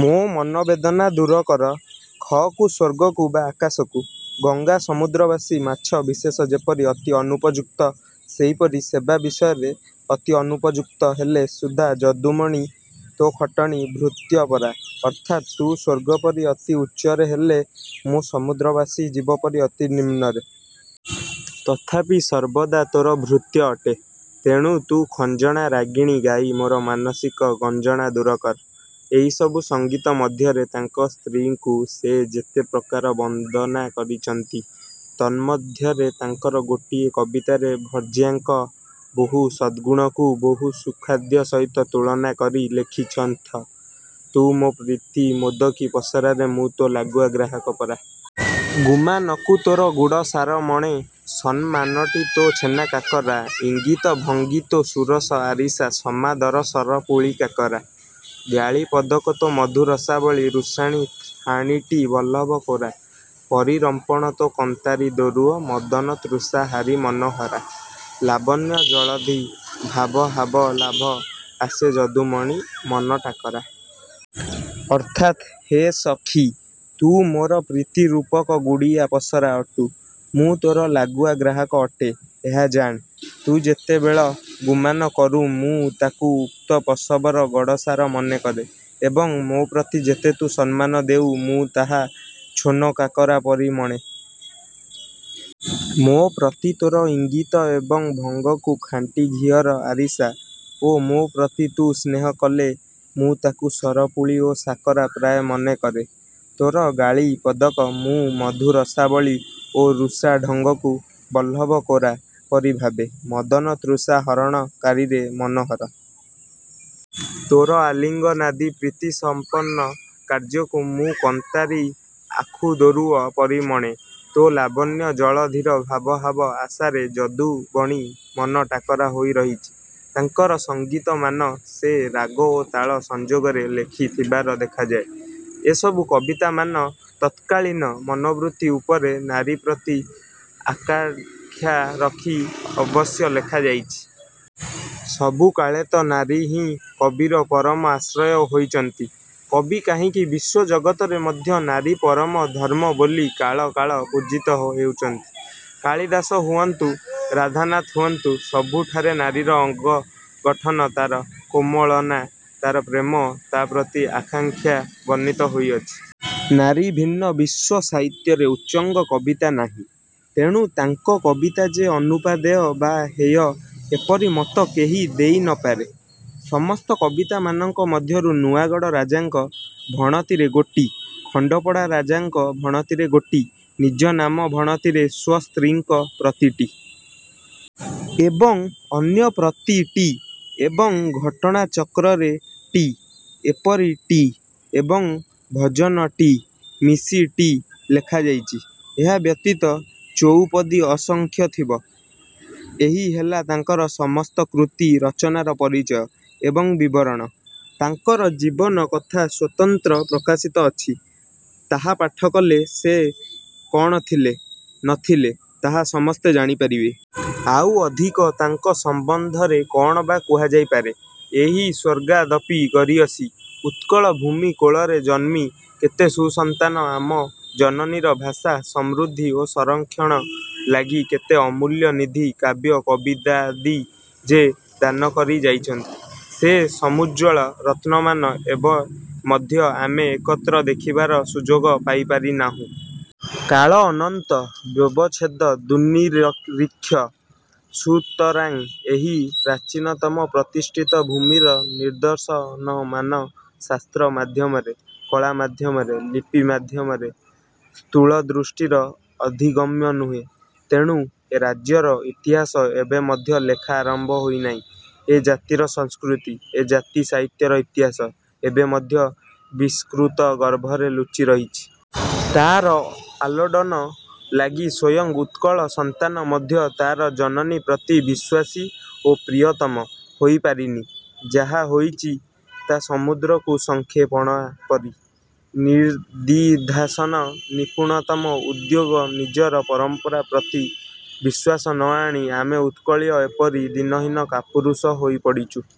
ମୋ ମନୋବେଦନା ଦୂରକର। 'ଖ' କୁ-ସ୍ୱର୍ଗକୁ-ବା ଆକାଶକୁ, ଗଙ୍ଗା-ସମୁଦ୍ରବାସୀ ମାଛ ବିଶେଷ ଯେପରି ଅତି ଅନୁପଯୁକ୍ତ, ସେହିପରି ସେବା ବିଷୟରେ ଅତି ଅନୁପଯୁକ୍ତ ହେଲେ ସୁଦ୍ଧା ଯଦୁମଣି ତୋ ଖଟଣୀ-ଭୃତ୍ୟ ପରା? ଅର୍ଥାତ ତୁ ସ୍ୱର୍ଗପରି ଅତି ଉଚ୍ଚରେ ହେଲେ ମୁଁ ସମୁଦ୍ରବାସୀ ଜୀବପରି ଅତି ନିମ୍ନରେ। ତଥାପି ସର୍ବଦା ତୋର ଭୃତ୍ୟ ଅଟେ। ତେଣୁ ତୁ ଖଞ୍ଜନା ରାଗିଣୀ ଗାଇ ମୋର ମାନସିକ ଗଞ୍ଜନା ଦୂରକର। ଏହିସବୁ ସଙ୍ଗୀତ ମଧ୍ୟରେ ତାଙ୍କ ସ୍ତ୍ରୀଙ୍କୁ ସେ ଯେତେ ପ୍ରକାର ବନ୍ଦନା କରିଛନ୍ତି, ତନ୍ମଧ୍ୟରେ ତାଙ୍କର ଗୋଟିଏ କବିତାରେ ଭର୍ଯ୍ୟାଙ୍କ ବହୁ ସଦ୍ଗୁଣକୁ ବହୁ ସୁଖାଦ୍ୟ ସହିତ ତୁଳନା କରି ଲେଖିଛନ୍ତ ତୁ ମୋ ପ୍ରୀତି ମୋଦକୀ ପସରାରେ ମୁଁ ତୋ ଲାଗୁଆ ଗ୍ରାହକ ପରା। ଗୁମାନକୁ ତୋର ଗୁଡ଼ସାର ମଣେ ସନମାନଟି ତୋ ଛେନା କାକରା। ଇଙ୍ଗିତ ଭଙ୍ଗିତୋ ସୁରସ ଆରିସା ସମାଦର ସରପୁଳି କାକରା। ଗାଳି ପଦକ ତୋ ମଧୁରସାବଳୀ ରୁଷାଣି ଠାଣିଟି ବଲ୍ଲଭ କୋରା। ପରିରମ୍ଭଣ ତୋ କନ୍ତାରି ଦୋରୁଅ ମଦନ ତୃଷାହାରୀ ମନୋହରା। ଲାବଣ୍ୟ ଜଳଧି ଭାବହାବ ଲାଭ ଆଶେ ଯଦୁମଣି ମନଟାକରା। ଅର୍ଥାତ୍-ହେ ସଖି! ତୁ ମୋର ପ୍ରୀତିରୂପକ ଗୁଡ଼ିଆ ପସରା ଅଟୁ। ମୁଁ ତୋର ଲାଗୁଆ ଗ୍ରାହକ ଅଟେ-ଏହା ଜାଣ। ତୁ ଯେତେବେଳ ଗୁମାନ କରୁ ମୁଁ ତାକୁ ଉକ୍ତ ପସବର ଗଡ଼ସାର ମନେକରେ। ଏବଂ ମୋ ପ୍ରତି ଯେତେ ତୁ ସମ୍ମାନ ଦେଉ ମୁଁ ତାହା ଛୋନକାକରା ପରି ମଣେ। ମୋ ପ୍ରତି ତୋର ଇଙ୍ଗିତ ଏବଂ ଭଙ୍ଗକୁ ଖାଣ୍ଟିଘିଅର ଆରିସା ଓ ମୋ ପ୍ରତି ତୁ ସ୍ନେହକଲେ ମୁଁ ତାକୁ ସରପୁଳି ଓ ସାକରା ପ୍ରାୟ ମନେକରେ। ତୋର ଗାଳି−ପଦକ ମୁଁ ମଧୁ ରସାବଳୀ ଓ ରୁଷାଢଙ୍ଗକୁ ବଲ୍ଲଭ କୋରା ପରି ଭାବେ। ମଦନତୃଷା ହରଣକାରିରେ ମନୋହରା! ତୋର ଆଲିଙ୍ଗନାଦି ପ୍ରୀତିସଂପନ୍ନ କାର୍ଯ୍ୟକୁ ମୁଁ କନ୍ତାରି ଆଖୁଦୋରୁଅ ପରି ମଣେ। ତୋ ଲାବଣ୍ୟ ଜଳଧିର ଭାବହାବ ଆଶାରେ ଯଦୁବଣି ମନ ଟାକରା ହୋଇ ରହିଛି। ତାଙ୍କର ସଂଗୀତମାନ ସେ ରାଗ ଓ ତାଳ ସଂଯୋଗରେ ଲେଖି ଥିବାର ଦେଖାଯାଏ। ଏସବୁ କବିତାମାନ ତତ୍କାଳୀନ ମନୋବୃତ୍ତି ଉପରେ ନାରୀପ୍ରତି ଆକାଙ୍କ୍ଷା ରଖି ଅବଶ୍ୟ ଲେଖାଯାଇଛି। ସବୁକାଳେତ ନାରୀହିଁ କବିର ପରମ ଆଶ୍ରୟ ହୋଇଛନ୍ତି। କବି କାହିଁକି ବିଶ୍ୱଜଗତରେ ମଧ୍ୟ ନାରୀ ପରମ ଧର୍ମ୍ମ ବୋଲି କାଳ କାଳ ପୂଜିତ ହେଉଛନ୍ତି। କାଳୀଦାସ ହୁଅନ୍ତୁ, ରାଧାନାଥ ହୁଅନ୍ତୁ, ସବୁଠାରେ ନାରୀର ଅଙ୍ଗଗଠନ, ତାର କୋମଳନା, ତାର ପ୍ରେମ, ତା ପ୍ରତି ଆକାଙ୍କ୍ଷା ବର୍ଣ୍ଣିତ ହୋଇଅଛି। ନାରୀଭିନ୍ନ ବିଶ୍ୱ−ସାହିତ୍ୟରେ ଉଚ୍ଚଙ୍ଗ କବିତା ନାହିଁ। ତେଣୁ ତାଙ୍କ କବିତା ଯେ ଅନୁପାଦେୟ ବା ହେୟ ଏପରି ମତ କେହି ଦେଇ ନ ପାରେ। ସମସ୍ତ କବିତାମାନଙ୍କ ମଧ୍ୟରୁ ନୂଆଁଗଡ଼ ରାଜାଙ୍କ ଭଣତିରେ ଗୋଟି, ଖଣ୍ଡପଡ଼ା ରାଜାଙ୍କ ଭଣତିରେ ଗୋଟି, ନିଜନାମ ଭଣତିରେ ସ୍ୱ ସ୍ତ୍ରୀଙ୍କ ପ୍ରତି ଟି। ଏବଂ ଅନ୍ୟପ୍ରତି ଟି ଏବଂ ଘଟଣା ଚକ୍ରରେ ଟି ଏପରି ଟି ଏବଂ ଭଜନ ଟି ମିଶି ଟି ଲେଖାଯାଇଛି। ଏହା ବ୍ୟତୀତ ଚଉପଦୀ ଅସଂଖ୍ୟ ଥିବ। ଏହି ହେଲା ତାଙ୍କର ସମସ୍ତକୃତୀ ରଚନାର ପରିଚୟ ଏବଂ ବିବରଣ। ତାଙ୍କର ଜୀବନ କଥା ସ୍ୱତନ୍ତ୍ର ପ୍ରକାଶିତ ଅଛି, ତାହା ପାଠକଲେ ସେ କଣ ଥିଲେ, ନ ଥିଲେ ତାହା ସମସ୍ତେ ଜାଣିପାରିବେ। ଆଉ ଅଧିକ ତାଙ୍କ ସମ୍ବନ୍ଧରେ କଣ ବା କୁହାଯାଇପାରେ? ଏହି ସ୍ୱର୍ଗାଦପି ଗରୀୟସୀ ଉତ୍କଳ ଭୂମି କୋଳରେ ଜନ୍ମି କେତେ ସୁସନ୍ତାନ ଆମ ଜନନୀର ଭାଷା ସମୃଦ୍ଧି ଓ ସଂରକ୍ଷଣ ଲାଗି କେତେ ଅମୂଲ୍ୟନିଧି କାବ୍ୟ କବିତାଦି ଯେ ଦାନକରି ଯାଇଛନ୍ତି, ସେ ସମୂଜ୍ଜ୍ୱଳ ରତ୍ନମାନ ଏବେ ମଧ୍ୟ ଆମେ ଏକତ୍ର ଦେଖିବାର ସୁଯୋଗ ପାଇପାରି ନାହୁଁ। କାଳ ଅନନ୍ତ, ବ୍ୟବଚ୍ଛେଦ ଦୁର୍ନିରୀକ୍ଷ; ସୁତରାଂ ଏହି ପ୍ରାଚୀନତମ ପ୍ରତିଷ୍ଠିତ ଭୂମିର ନିଦର୍ଶନମାନ ଶାସ୍ତ୍ର ମାଧ୍ୟମରେ, କଳା ମାଧ୍ୟମରେ, ଲିପି ମାଧ୍ୟମରେ ସ୍ଥୂଳଦୃଷ୍ଟିର ଅଧିଗମ୍ୟ ନୁହେଁ। ତେଣୁ ଏ ରାଜ୍ୟର ଇତିହାସ ଏବେ ମଧ୍ୟ ଲେଖା ଆରମ୍ଭ ହୋଇନାହିଁ। ଏ ଜାତିର ସଂସ୍କୃତି, ଏ ଜାତି ସାହିତ୍ୟର ଇତିହାସ ଏବେ ମଧ୍ୟ ବିସ୍କୃତଗର୍ଭରେ ଲୁଚି ରହିଛି। ତାର ଆଲୋଡ଼ନ ଲାଗି ସ୍ୱୟଂ ଉତ୍କଳ ସନ୍ତାନ ମଧ୍ୟ ତାର ଜନନୀ ପ୍ରତି ବିଶ୍ୱାସୀ ଓ ପ୍ରୀୟତମ ହୋଇପାରିନି। ଯାହା ହୋଇଚି ତା ସମୁଦ୍ରକୁ ଶଙ୍ଖେ ପଣା ପରି। ନିଦିଧ୍ୟାସନ, ନିପୁଣତମ ଉଦ୍ଯୋଗ, ନିଜର ପରଂପରା ପ୍ରତି ବିଶ୍ୱାସ ନ ଆଣି ଆମେ ଉତ୍କଳୀୟ ଏପରି ଦୀନହୀନ କାପୁରୁଷ ହୋଇପଡ଼ିଛୁ।